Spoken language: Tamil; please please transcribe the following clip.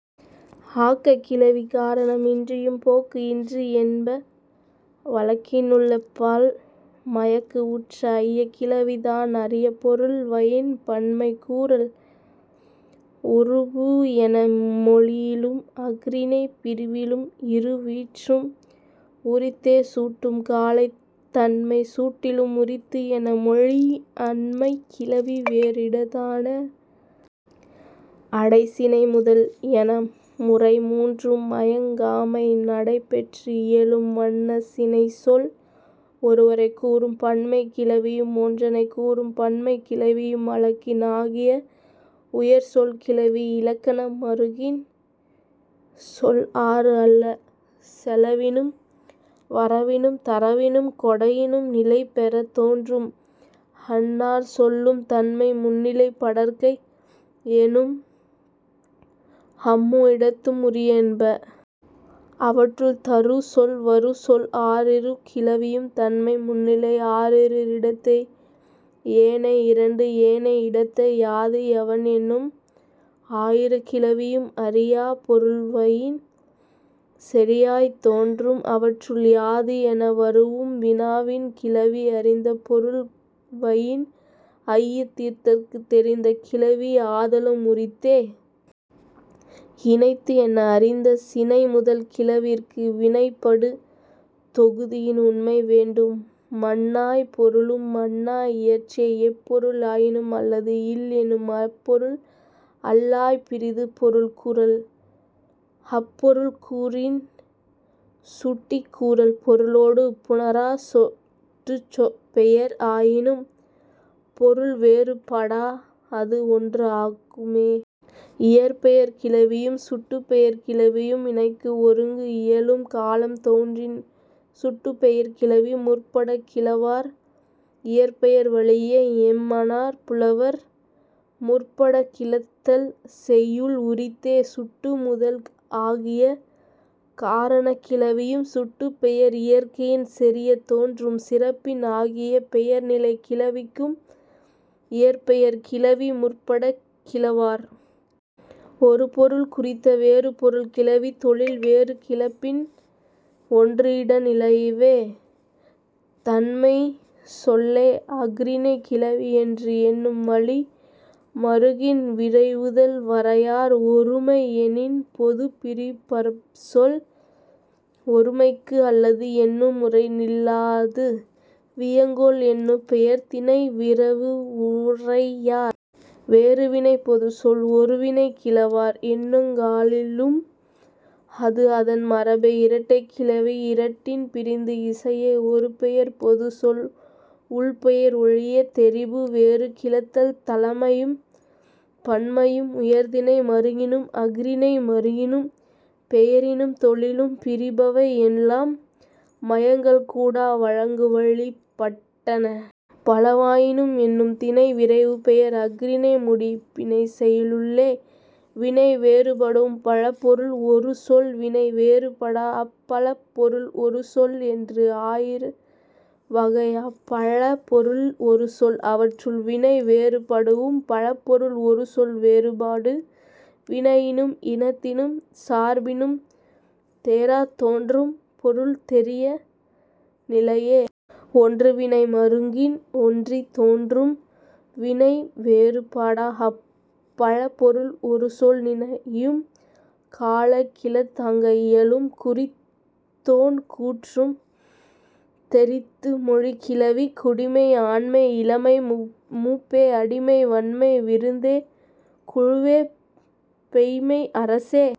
ஆக்கக் கிளவி காரணம் இன்றியும் போக்கு இன்று என்ப வழக்கினுள்ளே.। பால் மயக்கு உற்ற ஐயக் கிளவி தான் அறி பொருள்வயின் பன்மை கூறல். உருபு என மொழியினும் அஃறிணைப் பிரிப்பினும் இரு வீற்றும் உரித்தே சுட்டும் காலை. தன்மை சுட்டலும் உரித்து என மொழிப அன்மைக் கிளவி வேறு இடத்தான. அடை சினை முதல் என முறை மூன்றும் மயங்காமை நடை பெற்று இயலும் வண்ணச் சினைச் சொல். ஒருவரைக் கூறும் பன்மைக் கிளவியும் ஒன்றனைக் கூறும் பன்மைக் கிளவியும் வழக்கின் ஆகிய உயர் சொல் கிளவி இலக்கண மருங்கின் சொல் ஆறு அல்ல. செலவினும் வரவினும் தரவினும் கொடையினும் நிலை பெறத் தோன்றும் அந் நாற் சொல்லும் தன்மை முன்னிலை படர்க்கை என்னும் அம் மூ இடத்தும் உரிய என்ப. அவற்றுள், தரு சொல் வரு சொல் ஆயிரு கிளவியும் தன்மை முன்னிலை ஆயீர் இடத்த. ஏனை இரண்டும் ஏனை இடத்த. யாது எவன் என்னும் ஆயிரு கிளவியும் அறியாப் பொருள்வயின் செறியத் தோன்றும். அவற்றுள், யாது என வரூஉம் வினாவின் கிளவி அறிந்த பொருள்வயின் ஐயம் தீர்தற்குத் தெரிந்த கிளவி ஆதலும் உரித்தே. இனைத்து என அறிந்த சினை முதல் கிளவிக்கு வினைப்படு தொகுதியின் உம்மை வேண்டும். மன்னாப் பொருளும் அன்ன இயற்றே. எப் பொருள் ஆயினும் அல்லது இல் எனின் அப் பொருள் அல்லாப் பிறிது பொருள் கூறல். அப் பொருள் கூறின் சுட்டிக் கூறல். பொருளொடு புணராச் சுட்டுப்பெயர் ஆயினும் பொருள் வேறுபடாஅது ஒன்று ஆகும்மே. இயற்பெயர்க் கிளவியும் சுட்டுப்பெயர்க் கிளவியும் வினைக்கு ஒருங்கு இயலும் காலம் தோன்றின் சுட்டுப்பெயர்க் கிளவி முற்படக் கிளவார் இயற்பெயர் வழிய என்மனார் புலவர். முற்படக் கிளத்தல் செய்யுளுள் உரித்தே. சுட்டு முதல் ஆகிய காரணக் கிளவியும் சுட்டுப்பெயர் இயற்கையின் செறியத் தோன்றும். சிறப்பின் ஆகிய பெயர்நிலைக் கிளவிக்கும் இயற்பெயர்க் கிளவி முற்படக் கிளவார். ஒரு பொருள் குறித்த வேறு பெயர்க் கிளவி தொழில் வேறு கிளப்பின் ஒன்று இடன் இலவே. தன்மைச் சொல்லே அஃறிணைக் கிளவி என்று எண்ணு வழி மருங்கின் விரவுதல் வரையார். ஒருமை எண்ணின் பொதுப் பிரி பாற்சொல் ஒருமைக்கு அல்லது எண்ணு முறை நில்லாது. வியங்கோள் எண்ணுப்பெயர் திணை விரவு வரையார். வேறு வினைப் பொதுச் சொல் ஒரு வினை கிளவார். எண்ணுங்காலும் அது அதன் மரபே. இரட்டைக்கிளவி இரட்டின் பிரிந்து இசையா. ஒரு பெயர்ப் பொதுச் சொல் உள் பொருள் ஒழியத் தெரிபு வேறு கிளத்தல் தலைமையும் பன்மையும் உயர்திணை மருங்கினும் அஃறிணை மருங்கினும். பெயரினும் தொழிலினும் பிரிபவை எல்லாம் மயங்கல் கூடா வழக்குவழிப் பட்டன. பலவயினானும் எண்ணுத் திணை விரவுப்பெயர் அஃறிணை முடிபின செய்யுளுள்ளே. வினை வேறுபடூஉம் பல பொருள் ஒரு சொல் வினை வேறுபடாஅப் பல பொருள் ஒரு சொல் என்று ஆயிரு வகைய பல பொருள் ஒரு சொல். அவற்றுள், வினை வேறுபடூஉம் பல பொருள் ஒரு சொல் வேறுபடு வினையினும் இனத்தினும் சார்பினும் தேறத் தோன்றும் பொருள் தெரி நிலையே. ஒன்று வினை மருங்கின் ஒன்றித் தோன்றும். வினை வேறுபடாஅப் பல பொருள் ஒரு சொல் நினையும் காலை கிளந்தாங்கு இயலும். குறித்தோன் கூற்றம் தெரித்து மொழி கிளவி. குடிமை ஆண்மை இளமை மூப்பே அடிமை வன்மை விருந்தே குழுவே பெண்மை அரசே